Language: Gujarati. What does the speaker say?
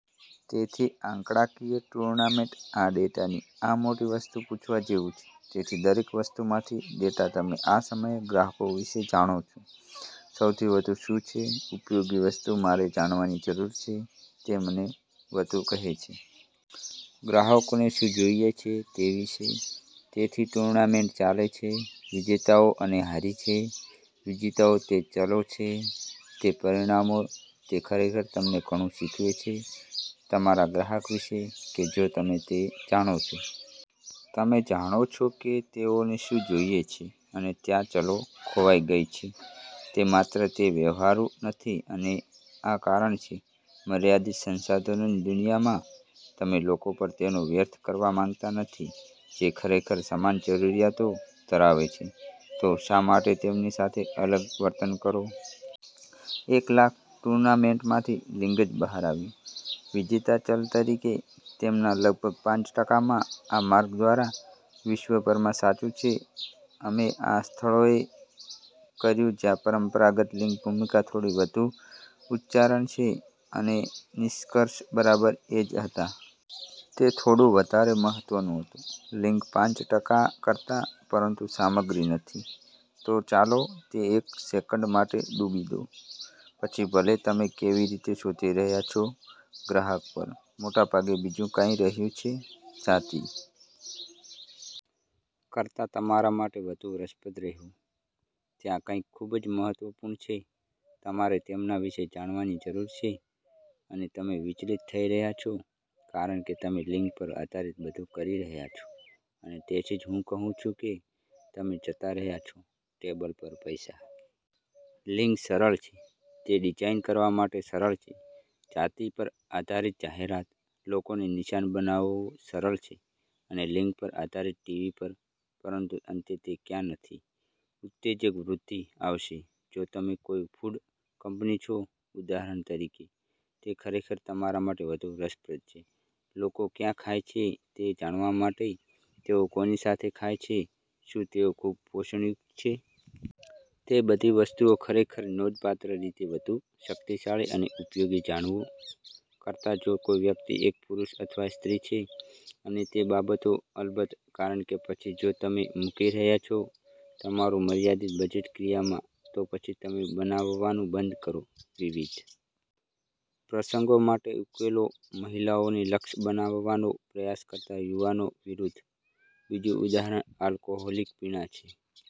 તેથી આંકડાકીય ટૂર્નામેન્ટ આ ડેટાની આ મોટી વસ્તુ પૂછવા જેવું છે, તેથી દરેક વસ્તુમાંથી ડેટા તમે આ સમયે ગ્રાહકો વિશે જાણો છો, સૌથી વધુ શું છે ઉપયોગી વસ્તુ મારે જાણવાની જરૂર છે, તે મને વધુ કહે છે. ગ્રાહકોને શું જોઈએ છે તે વિશે? તેથી ટૂર્નામેન્ટ ચાલે છે વિજેતાઓ અને હારી છે. વિજેતાઓ તે ચલો છે, તે પરિમાણો, તે ખરેખર તમને ઘણું શીખવે છે તમારા ગ્રાહક વિશે, કે જો તમે તે જાણો છો. તમે જાણો છો કે તેઓને શું જોઈએ છે અને ત્યાં ચલો ખોવાઈ ગઈ છે તે માત્ર તે વ્યવહારુ નથી અને આ કારણ છે મર્યાદિત સંસાધનોની દુનિયામાં, તમે લોકો પર તેનો વ્યર્થ કરવા માંગતા નથી ,જે ખરેખર સમાન જરૂરિયાતો ધરાવે છે ,તો શા માટે તેમની સાથે અલગ વર્તન કરો? એક લાખ ટુર્નામેન્ટ્સમાંથી, લિંગ જ બહાર આવ્યું. વિજેતા ચલ તરીકે તેમાંના લગભગ પાંચ ટકામાં આ માર્ગ દ્વારા, વિશ્વભરમાં સાચું છે. અમે આ સ્થળોએ કર્યું જ્યાં પરંપરાગત લિંગ ભૂમિકા થોડી વધુ ઉચ્ચારણ છે અને નિષ્કર્ષ બરાબર એ જ હતા. તે થોડું વધારે મહત્વનું હતું. લિંગ પાંચ ટકા કરતા, પરંતુ સામગ્રી નથી. તો ચાલો તે એક સેકંડ માટે ડૂબી દો. પછી ભલે તમે કેવી રીતે શોધી રહ્યાં છો ગ્રાહક પર, મોટા ભાગે બીજું કાંઈ રહ્યું છે .જાતિ કરતાં તમારા માટે વધુ રસપ્રદ રહેવું. ત્યાં કંઈક ખૂબ જ મહત્વપૂર્ણ છે. તમારે તેમના વિશે જાણવાની જરૂર છે અને તમે વિચલિત થઈ રહ્યાં છો, કારણ કે તમે લિંગ પર આધારીત બધું કરી રહ્યા છો અને તેથી જ હું કહું છું કે તમે જતા રહ્યા છો ટેબલ પર પૈસા. લિંગ સરળ છે. તે ડિઝાઇન કરવા માટે સરળ છે, જાતિ પર આધારીત જાહેરાત, લોકોને નિશાન બનાવવું સરળ છે અને લિંગ પર આધારિત ટીવી પર, પરંતુ અંતે તે ક્યાં નથી ઉત્તેજક વૃદ્ધિ આવશે. જો તમે કોઈ ફૂડ કંપની છો, ઉદાહરણ તરીકે, તે ખરેખર તમારા માટે વધુ રસપ્રદ છે લોકો ક્યાં ખાય છે તે જાણવા માટે, તેઓ કોની સાથે ખાય છે, શું તેઓ ખૂબ પોષણયુક્ત છે? તે બધી વસ્તુઓ ખરેખર છે નોંધપાત્ર રીતે વધુ શક્તિશાળી અને ઉપયોગી જાણવું કરતાં જો કોઈ વ્યક્તિ એક પુરુષ અથવા સ્ત્રી છે અને તે બાબતો અલબત્ત, કારણ કે પછી જો તમે મૂકી રહ્યાં છો તમારું મર્યાદિત બજેટ ક્રિયામાં, તો પછી તમે બનાવવાનું બંધ કરો .વિવિધ પ્રસંગો માટે ઉકેલો મહિલાઓને લક્ષ્ય બનાવવાનો પ્રયાસ કરતાં યુવાનો વિરુદ્ધ. બીજું ઉદાહરણ આલ્કોહોલિક પીણાં છે.